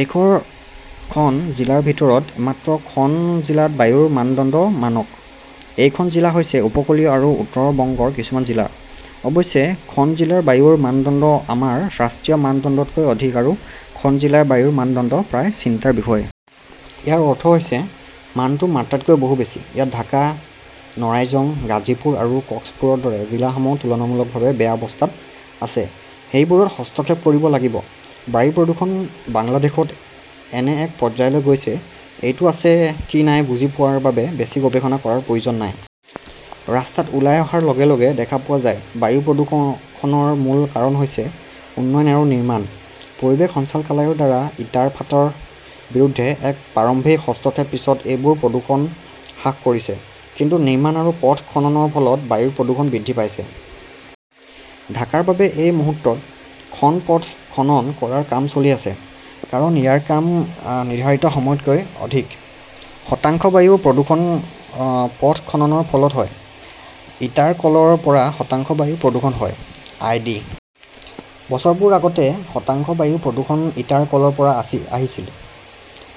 দেশৰ খন জিলাৰ ভিতৰত মাত্ৰ খন জিলাত বায়ুৰ মানদণ্ড মানক। এই খন জিলা হৈছে উপকূলীয় আৰু উত্তৰ বংগৰ কিছুমান জিলা। অৱশ্যে, খন জিলাৰ বায়ুৰ মানদণ্ড আমাৰ ৰাষ্ট্ৰীয় মানদণ্ডতকৈ অধিক আৰু খন জিলাৰ বায়ুৰ মানদণ্ড প্ৰায় চিন্তাৰ বিষয়। ইয়াৰ অৰ্থ হৈছে মানটো মাত্ৰাতকৈ বহু বেছি। ইয়াত ঢাকা, নাৰাংইজ, গাজীপুৰ আৰু কক্সপুৰৰ দৰে জিলাসমূহ তুলনামূলকভাৱে বেয়া অৱস্থাত আছে। সেইবোৰত হস্তক্ষেপ কৰিব লাগিব। বায়ু প্ৰদূষণ বাংলাদেশত এনে এক পৰ্যায়লৈ গৈছে; এইটো আছে, কি নাই-বুজি পোৱাৰ বাবে বেছি গৱেষণা কৰাৰ প্ৰয়োজন নাই। ৰাস্তাত ওলাই অহাৰ লগে লগে দেখা পোৱা যায়। বায়ু প্ৰদূষণৰ মূল কাৰণ হৈছে উন্নয়ন আৰু নিৰ্মাণ। পৰিৱেশ সঞ্চালকালয়ৰ দ্বাৰা ইটাৰ ফাঁটৰ বিৰুদ্ধে এক প্ৰাৰম্ভিক হস্তক্ষেপৰ পিছত সেইবোৰৰ প্ৰদূষণ হ্ৰাস পাইছে। কিন্তু নিৰ্মাণ আৰু পথ খননৰ ফলত বায়ু প্ৰদূষণ বৃদ্ধি পাইছে। ঢাকাৰ বাবে এই মুহূৰ্তত খন পথ খনন কৰাৰ কাম চলি আছে কাৰণ ইয়াৰ কাম নিৰ্ধাৰিত সময়তকৈ অধিক। শতাংশ বায়ু প্ৰদূষণ পথ খননৰ ফলত হয়। ইটাৰ কলৰ পৰা শতাংশ বায়ু প্ৰদূষণ হয়। আই. ডি. বছৰবোৰ আগতে শতাংশ বায়ু প্ৰদূষণ ইটাৰ কলৰ পৰা আহিছিল।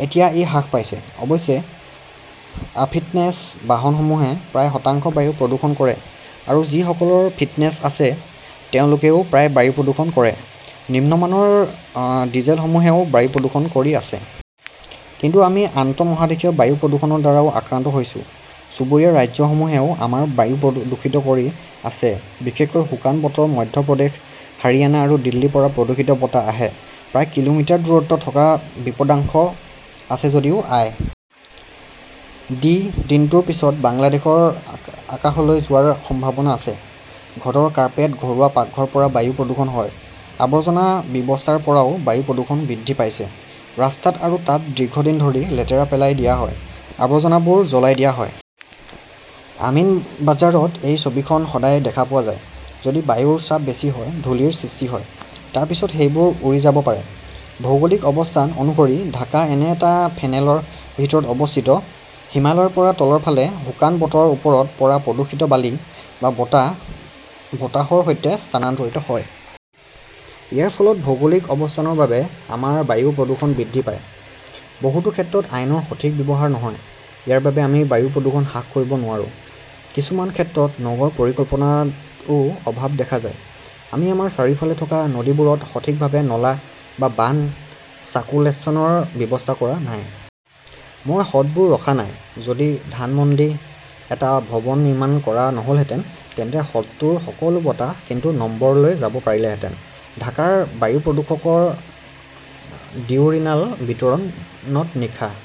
এতিয়া ই হ্ৰাস পাইছে। অৱশ্যে, অফিটনেছ বাহনসমূহে প্ৰায় শতাংশ বায়ু প্ৰদূষণ কৰে আৰু যিসকলৰ ফিটনেছ আছে তেওঁলোকেও প্ৰায় বায়ু প্ৰদূষণ কৰে। নিম্নমানৰ ডিজেলসমূহেও বায়ু প্ৰদূষণ কৰি আছে। কিন্তু আমি আন্তঃমহাদেশীয় বায়ু প্ৰদূষণৰ দ্বাৰাও আক্ৰান্ত হৈছো। চুবুৰীয়া ৰাজ্যসমূহেও আমাৰ বায়ু দূষিত কৰি আছে। বিশেষকৈ শুকান বতৰত মধ্য প্ৰদেশ, হাৰিয়ানা আৰু দিল্লীৰ পৰা প্ৰদূষিত বতাহ আহে। প্ৰায় কিলোমিটাৰ দূৰত্বত থকাৰ বিপদাশংকা আছে যদিও আই. ডি. দিনটোৰ পিছত বাংলাদেশৰ আকাশলৈ যোৱাৰ সম্ভাৱনা আছে। ঘৰৰ কাৰ্পেট, ঘৰুৱা পাকঘৰৰ পৰা বায়ু প্ৰদূষণ হয়। আৱৰ্জনা ব্যৱস্থাৰ পৰাও বায়ু প্ৰদূষণ বৃদ্ধি পাইছে। ৰাস্তাত আৰু তাত দীৰ্ঘদিন ধৰি লেতেৰা পেলাই দিয়া হয়। আৱৰ্জনাবোৰ জ্বলাই দিয়া হয়। আমিনবাঝাৰত এই ছবিখন সদায় দেখা পোৱা যায়। যদি বায়ুৰ চাপ বেছি হয়, ধূলিৰ সৃষ্টি হয়। তাৰ পিছত সেইবোৰ উৰি যাব পাৰে। ভৌগোলিক অৱস্থান অনুসৰি, ঢাকা এনে এটা ফেনেলৰ ভিতৰত অৱস্থিত; হিমালয়ৰ পৰা তলৰ ফালে, শুকান বতৰত ওপৰৰ পৰা প্ৰদূষিত বালি বা বতাহ বতাহৰ সৈতে স্থানান্তৰিত হয়। ইয়াৰ ফলত ভৌগোলিক অৱস্থানৰ বাবে আমাৰ বায়ু প্ৰদূষণ বৃদ্ধি পায়। বহুতো ক্ষেত্ৰত আইনৰ সঠিক ব্যৱহাৰ নহয়। ইয়াৰ বাবে আমি বায়ু প্ৰদূষণ হ্ৰাস কৰিব নোৱাৰো। কিছুমান ক্ষেত্ৰত নগৰ পৰিকল্পনাতও অভাৱ দেখা যায়। আমি আমাৰ চাৰিওফালে থকা নদীবোৰত সঠিকভাৱে নলা বা বান্ধ চাৰ্কুলেশনৰ ব্যৱস্থা কৰা নাই। মই হ্ৰদবোৰ ৰখা নাই। যদি ধানমন্ডি ৰ এটা ভৱন নিৰ্মাণ কৰা নহলহেঁতেন, তেন্তে হ্ৰদটোৰ সকলো বতাহ কিন্তু নম্বৰলৈ যাব পাৰিলেহেঁতেন। ঢাকাৰ বায়ু প্ৰদূষণৰ ডিউৰিনাল বিতৰণত নিশা